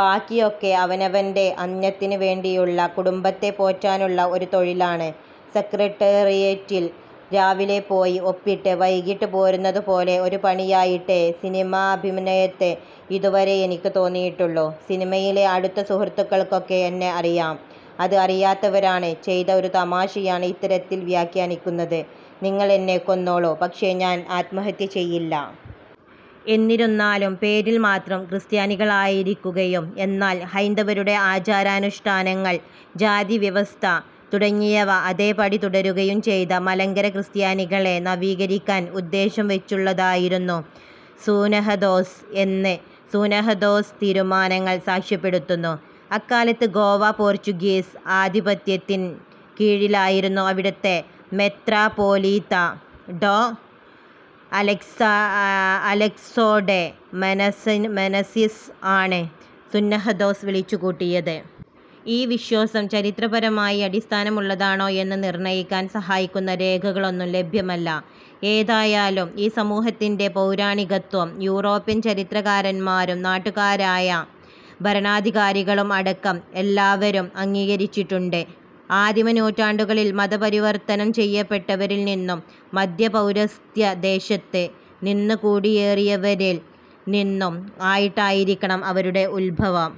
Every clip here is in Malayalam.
ബാക്കിയൊക്കെ അവനവൻറെ അന്നത്തിന് വേണ്ടിയുള്ള, കുടുംബത്തെ പോറ്റാനുള്ള ഒരു തൊഴിലാണ്. സെക്രട്ടേറിയേറ്റിൽ രാവിലെ പോയി ഒപ്പിട്ട്, വൈകിട്ട് പോരുന്നതുപോലെ ഒരു പണിയായിട്ടേ സിനിമാഭിനയത്തെ ഇതുവരെ എനിക്ക് തോന്നിയിട്ടുള്ളൂ. സിനിമയിലെ അടുത്ത സുഹൃത്തുക്കൾക്കൊക്കെ എന്നെ അറിയാം. അത് അറിയാത്തവരാണ് ചെയ്ത ഒരു തമാശയാണ് ഇത്തരത്തിൽ വ്യാഖ്യാനിക്കുന്നത്. നിങ്ങൾ എന്നെ കൊന്നോളൂ, പക്ഷേ ഞാൻ ആത്മഹത്യ ചെയ്യില്ല. എന്നിരുന്നാലും പേരിൽമാത്രം ക്രിസ്ത്യാനികളായിരിക്കുകയും എന്നാൽ ഹൈന്ദവരുടെ ആചാരാനുഷ്ഠാനങ്ങൾ, ജാതിവ്യവസ്ഥ തുടങ്ങിയവ അതേപടി തുടരുകയും ചെയ്ത മലങ്കര ക്രിസ്ത്യാനികളെ നവീകരിക്കാൻ ഉദ്ദേശം വച്ചുള്ളതായിരുന്നു സൂനഹദോസ് എന്ന് സൂനഹദോസ് തീരുമാനങ്ങൾ സാക്ഷ്യപ്പെടുത്തുന്നു. അക്കാലത്ത് ഗോവ പോർച്ചുഗീസ് ആധിപത്യത്തിൻ കീഴിലായിരുന്നു. അവിടത്തെ മെത്രാപ്പോലീത്ത, ഡോ. അലെക്സൊ ഡെ മെനസിസ് ആണ് സുന്നഹദോസ് വിളിച്ചുകൂട്ടിയത്. ഈ വിശ്വാസം ചരിത്രപരമായി അടിസ്ഥാനമുള്ളതാണോ എന്നു നിർണ്ണയിക്കാൻ സഹായിക്കുന്ന രേഖകളൊന്നും ലഭ്യമല്ല. ഏതായാലും ഈ സമൂഹത്തിന്റെ പൗരാണികത്ത്വം യൂറോപ്യൻ ചരിത്രകാരന്മാരും നാട്ടുകാരായ ഭരണാധികാരികളും അടക്കം എല്ലാവരും അംഗീകരിച്ചിട്ടുണ്ട്. ആദിമ നൂറ്റാണ്ടുകളിൽ മതപരിവർത്തനം ചെയ്യപ്പെട്ടരിൽ നിന്നും മദ്ധ്യ പൗരസ്ത്യ ദേശത്ത് നിന്ന് കുടിയേറിയവരിൽ നിന്നും ആയിട്ടായിരിക്കണം അവരുടെ ഉത്ഭവം.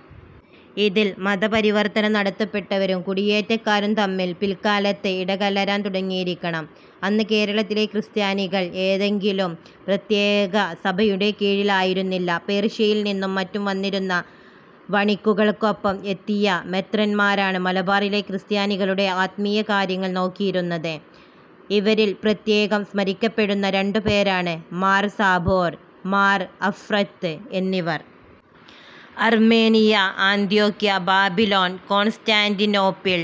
ഇതിൽ മതപരിവർത്തനം നടത്തപ്പെട്ടവരും കുടിയേറ്റക്കാരും തമ്മിൽ പിൽക്കാലത്ത് ഇടകലരാൻ തുടങ്ങിയിരിക്കണം. അന്ന് കേരളത്തിലെ ക്രിസ്ത്യാനികൾ ഏതെങ്കിലും പ്രത്യേക സഭയുടെ കീഴിൽ ആയിരുന്നില്ല. പേർഷ്യയിൽ നിന്നും മറ്റും വന്നിരുന്ന വണിക്കുകൾക്കൊപ്പം എത്തിയ മെത്രാന്മാരാണ് മലബാറിലെ ക്രിസ്ത്യാനികളുടെ ആത്മീയ കാര്യങ്ങൾ നോക്കിയിരുന്നത്. ഇവരിൽ പ്രത്യേകം സ്മരിക്കപ്പെടുന്ന രണ്ടു പേരാണ് മാർ സാബോർ, മാർ ആഫ്രൊത്ത് എന്നിവർ. അർമേനിയ, അന്ത്യോക്ക്യ, ബാബിലോൺ, കോൺസ്റ്റാന്റിനോപ്പിൾ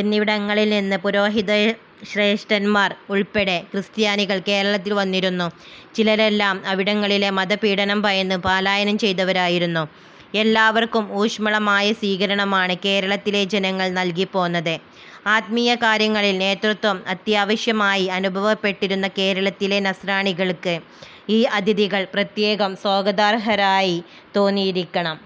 എന്നിവിടങ്ങളിൽ നിന്ന് പുരോഹിതശ്രേഷ്ഠന്മാർ ഉൾപ്പെടെ ക്രിസ്ത്യാനികൾ കേരളത്തിൽ വന്നിരുന്നു. ചിലരെല്ലം അവിടങ്ങളിലെ മത പീഡനം ഭയന്ന് പാലായനം ചെയ്തവരായിരുന്നു. എല്ലാവർക്കും ഊഷ്മളമായ സ്വീകരണമാണ് കേരളത്തിലെ ജനങ്ങൾ നൽകി പോന്നത്. ആത്മീയ കാര്യങ്ങളിൽ നേതൃത്വം അത്യാവശ്യമായി അനുഭവപ്പെട്ടിരുന്ന കേരളത്തിലെ നസ്രാണികൾക്ക് ഈ അതിഥികൾ പ്രത്യേകം സ്വാഗതാർഹരായി തോന്നിയിരിക്കണം.